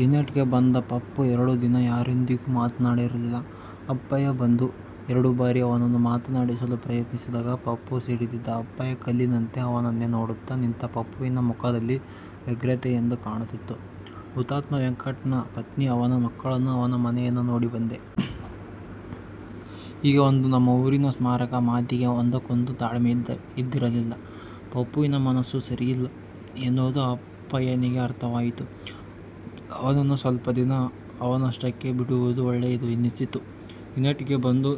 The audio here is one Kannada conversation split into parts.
ಯುನಿಟ್ಗೆ ಬಂದ ಪಪ್ಪು ಎರಡು ದಿನ ಯಾರೊಂದಿಗೂ ಮಾತನಾಡಿರಲಿಲ್ಲ. ಅಪ್ಪಯ್ಯ ಬಂದು ಎರಡು ಬಾರಿ ಅವನನ್ನು ಮಾತನಾಡಿಸಲು ಪ್ರಯತ್ನಿಸಿದಾಗ ಪಪ್ಪು ಸಿಡಿದಿದ್ದ ಅಪ್ಪಯ್ಯ ಕಲ್ಲಿನಂತೆ ಅವನನ್ನೇ ನೋಡುತ್ತಾ ನಿಂತ. ಪಪ್ಪುವಿನ ಮುಖದಲ್ಲಿ ವ್ಯಗ್ರತೆ ಎದ್ದು ಕಾಣುತ್ತಿತ್ತು. ''ಹುತಾತ್ಮ ವೆಂಕಟನ ಪತ್ನಿ, ಅವನ ಮಕ್ಕಳನ್ನು, ಅವನ ಮನೆಯನ್ನು ನೋಡಿ ಬಂದೆ. ಈಗ ಅದು ನಮ್ಮ ಊರಿನ ಸ್ಮಾರಕ '' ಮಾತಿಗೆ ಒಂದಕ್ಕೊಂದು ತಾಳೆ ಇದ್ದಿರಲಿಲ್ಲ. ಪಪ್ಪುವಿನ ಮನಸ್ಸು ಸರಿಯಿಲ್ಲ ಎನ್ನುವುದು ಅಪ್ಪಯ್ಯನಿಗೆ ಅರ್ಥವಾಯಿತು. ಅವನನ್ನು ಸ್ವಲ್ಪ ದಿನ ಅವನಷ್ಟಕ್ಕೆ ಬಿಡುವುದು ಒಳ್ಳೆಯದು ಎನ್ನಿಸಿತು. ಯುನಿಟ್ಗೆ ಬಂದು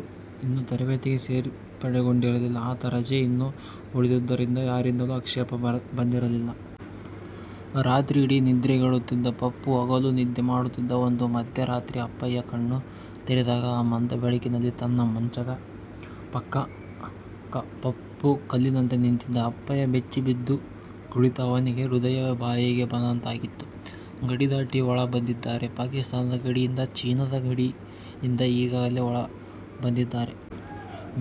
ಇನ್ನೂ ತರಬೇತಿಗೆ ಸೇರ್ಪಡೆಗೊಂಡಿರಲಿಲ್ಲ ಆತ. ರಜೆ ಇನ್ನೂ ಉಳಿದಿದ್ದುದರಿಂದ ಯಾರಿಂದಲೂ ಆಕ್ಷೇಪ ಬಂದಿರಲಿಲ್ಲ. ರಾತ್ರಿಯಿಡೀ ನಿದ್ರೆಗೆಡುತ್ತಿದ್ದ ಪಪ್ಪು, ಹಗಲು ನಿದ್ದೆ ಮಾಡುತ್ತಿದ್ದ. ಒಂದು ಮಧ್ಯ ರಾತ್ರಿ ಅಪ್ಪಯ್ಯ ಕಣ್ಣು ತೆರೆದಾಗ ಆ ಮಂದ ಬೆಳಕಿನಲ್ಲಿ ತನ್ನ ಮಂಚದ ಪಕ್ಕ ಪಪ್ಪು ಕಲ್ಲಿನಂತೆ ನಿಂತಿದ್ದ. ಅಪ್ಪಯ್ಯ ಬೆಚ್ಚಿ ಎದ್ದು ಕುಳಿತ. ಅವನಿಗೆ ಹೃದಯವೇ ಬಾಯಿಗೆ ಬಂದಂತಾಗಿತ್ತು. ''ಗಡಿದಾಟಿ ಒಳ ಬಂದಿದ್ದಾರೆ. ಪಾಕಿಸ್ತಾನದ ಗಡಿಯಿಂದ, ಚೀನಾದ ಗಡಿಯಿಂದ ಈಗಾಗಲೇ ಒಳ ಬಂದಿದ್ದಾರೆ.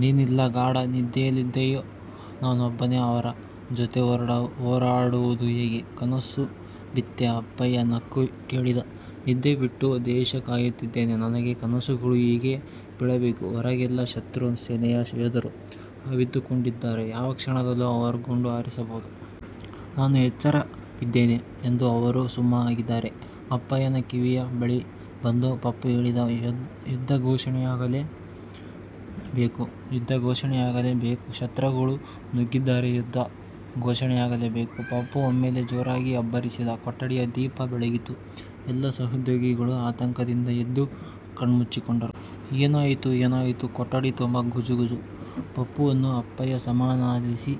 ನೀನಿಲ್ಲಿ ಗಾಢ ನಿದ್ದೆಯಲ್ಲಿದ್ದೀಯ. ನಾನೊಬ್ಬನೇ ಅವರ ಜೊತೆ ಹೋರಾಡುವುದು ಹೇಗೆ? '' ''ಕನಸು ಬಿತ್ತೇ? '' ಅಪ್ಪಯ್ಯ ನಕ್ಕು ಕೇಳಿದ. ''ನಿದ್ದೆ ಬಿಟ್ಟು ದೇಶ ಕಾಯುತ್ತಿದ್ದೇನೆ. ನನಗೆ ಕನಸು ಗಳು ಹೇಗೆ ಬೀಳಬೇಕು? ಹೊರಗೆಲ್ಲ ಶತ್ರು ಸೇನೆಯ ಯೋಧರು ಅವಿತುಕೊಂಡಿದ್ದಾರೆ. ಯಾವ ಕ್ಷಣದಲ್ಲೂ ಅವರು ಗುಂಡು ಹಾರಿಸಬಹುದು. ನಾನು ಎಚ್ಚರ ಇದ್ದೇನೆ ಎಂದು ಅವರು ಸುಮ್ಮಗಿದ್ದಾರೆ'' ಅಪ್ಪಯ್ಯನ ಕಿವಿಯ ಬಳಿ ಬಂದು ಪಪ್ಪು ಹೇಳಿದ. ''ಯುದ್ಧ ಘೋಷಣೆಯಾಗಲೇ ಬೇಕು. ಯುದ್ಧ ಘೋಷಣೆಯಾಗಲೇ ಬೇಕುಶತ್ರುಗಳು ನುಗ್ಗಿದ್ದಾರೆಯುದ್ಧ ಘೋಷಣೆಯಾಗಲೇ ಬೇಕು'' ಪಪ್ಪು ಒಮ್ಮೆಲೆ ಜೋರಾಗಿ ಅಬ್ಬರಿಸಿದ. ಕೊಠಡಿಯ ದೀಪ ಬೆಳಗಿತು. ಎಲ್ಲ ಸಹೊದ್ಯೋಗಿಗಳೂ ಆತಂಕ ದಿಂದ ಎದ್ದು ಕಣ್ಣುಜ್ಜಿಕೊಂಡರು. ''ಏನಾಯಿತುಏನಾಯಿತು? '' ಕೊಠಡಿ ತುಂಬಾ ಗುಜುಗುಜು. ಪಪ್ಪುವನ್ನು ಅಪ್ಪಯ್ಯ ಸಮಾಧಾನಿಸಿ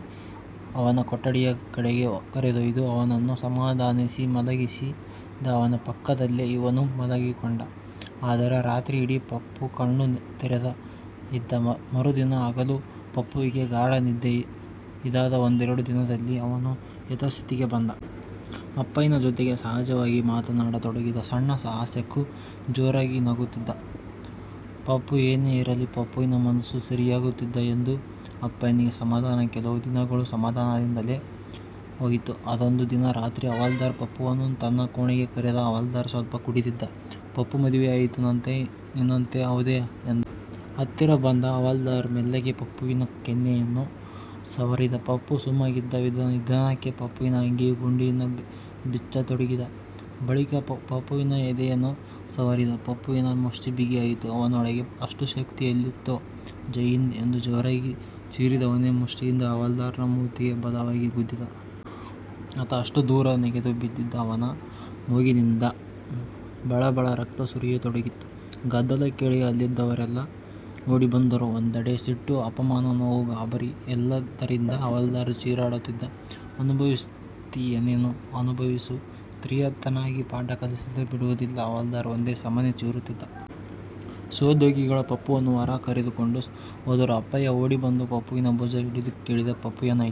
ಅವನ ಕೊಠಡಿಯ ಕಡೆಗೆ ಕರೆದೊಯ್ದ. ಅವನನ್ನು ಸಮಾಧಾನಿಸಿ ಮಲಗಿಸಿದ. ಅವನ ಪಕ್ಕದಲ್ಲೇ ಇವನೂ ಮಲಗಿಕೊಂಡ. ಆದರೆ ರಾತ್ರಿಯಿಡೀ ಪಪ್ಪು ಕಣ್ಣು ತೆರೆದೇ ಇದ್ದ. ಮರುದಿನ ಹಗಲು ಪಪ್ಪುವಿಗೆ ಗಾಢ ನಿದ್ದೆ. ಇದಾದ ಒಂದೆರಡು ದಿನದಲ್ಲಿ ಅವನು ಯಥಾಸ್ಥಿತಿಗೆ ಬಂದ. ಅಪ್ಪಯ್ಯನ ಜೊತೆಗೆ ಸಹಜವಾಗಿ ಮಾತನಾಡತೊಡಗಿದ. ಸಣ್ಣ ಹಾಸ್ಯಕ್ಕೂ ಜೋರಾಗಿ ನಗುತ್ತಿದ್ದ ಪಪ್ಪು. ಏನೇ ಇರಲಿ, ಪಪ್ಪುವಿನ ಮನಸ್ಸು ಸರಿಯಾಗುತ್ತಿದೆ ಎಂದು ಅಪ್ಪಯ್ಯನಿಗೆ ಸಮಾಧಾನ. ಕೆಲವು ದಿನಗಳು ಸಮಾಧಾನದಿಂದಲೇ ಹೋಯಿತು. ಅದೊಂದು ದಿನ ರಾತ್ರಿ ಹವಾಲ್ದಾರ್ ಪಪ್ಪುವನ್ನು ತನ್ನ ಕೋಣೆಗೆ ಕರೆದ. ಹವಾಲ್ದಾರ್ ಸ್ವಲ್ಪ ಕುಡಿದಿದ್ದ. ''ಪಪ್ಪುಮದುವೆಯಾಯಿತಂತೆ ನಿನಗೆ ಹೌದೆ'' ಎಂದ. ಹತ್ತಿರ ಬಂದ ಹವಾಲ್ದಾರ್ ಮೆಲ್ಲಗೆ ಪಪ್ಪುವಿನ ಕೆನ್ನೆಯನ್ನು ಸವರಿದ. ಪಪ್ಪು ಸುಮ್ಮಗಿದ್ದ. ನಿಧಾನಕ್ಕೆ ಪಪ್ಪುವಿನ ಅಂಗಿಯ ಗುಂಡಿಯನ್ನು ಬಿಚ್ಚತೊಡಗಿದ. ಬಳಿಕ ಪಪ್ಪುವಿನ ಎದೆಯನ್ನು ಸವರಿದ. ಪಪ್ಪುವಿನ ಮುಷ್ಟಿ ಬಿಗಿಯಾಯಿತು. ಅವನೊಳಗೆ ಅಷ್ಟು ಶಕ್ತಿ ಎಲ್ಲಿತ್ತೋ? ''ಜೈ ಹಿಂದ್'' ಎಂದು ಜೋರಾಗಿ ಚೀರಿದವನೇ ಮುಷ್ಟಿಯಿಂದ ಹವಾಲ್ದಾರ್ನ ಮೂತಿಗೆ ಬಲವಾಗಿ ಗುದ್ದಿದ. ಆತ ಅಷ್ಟು ದೂರ ನೆಗೆದು ಬಿದ್ದಿದ್ದ. ಅವನ ಮೂಗಿನಿಂದ ಬಳಬಳ ರಕ್ತ ಸುರಿಯತೊಡಗಿತ್ತು. ಗದ್ದಲ ಕೇಳಿ ಅಲ್ಲಿದ್ದವರೆಲ್ಲ ಓಡಿ ಬಂದರು. ಒಂದೆಡೆ ಸಿಟ್ಟು, ಅಪಮಾನ, ನೋವು, ಗಾಬರಿ ಎಲ್ಲದರಿಂದ ಹವಾಲ್ದಾರ್ ಚೀರಾಡುತ್ತಿದ್ದ. ''ಅನುಭವಿಸುತ್ತೀಯನೀನು ಅನುಭವಿಸು ತ್ತೀಯನಿನಗೆ ಪಾಠ ಕಲಿಸದೇ ಬಿಡುವುದಿಲ್ಲ'' ಹವಾಲ್ದಾರ್ ಒಂದೇ ಸಮನೆ ಚೀರುತ್ತಿದ್ದ. ಸಹೋದ್ಯೋಗಿಗಳು ಪಪ್ಪುವನ್ನು ಹೊರ ಕರೆದುಕೊಂಡು ಹೋದರು. ಅಪ್ಪಯ್ಯ ಓಡಿ ಬಂದು ಪಪ್ಪುವಿನ ಭುಜ ಹಿಡಿದು ಕೇಳಿದ ''ಪಪ್ಪು ಏನಾಯ್ತೋ? ''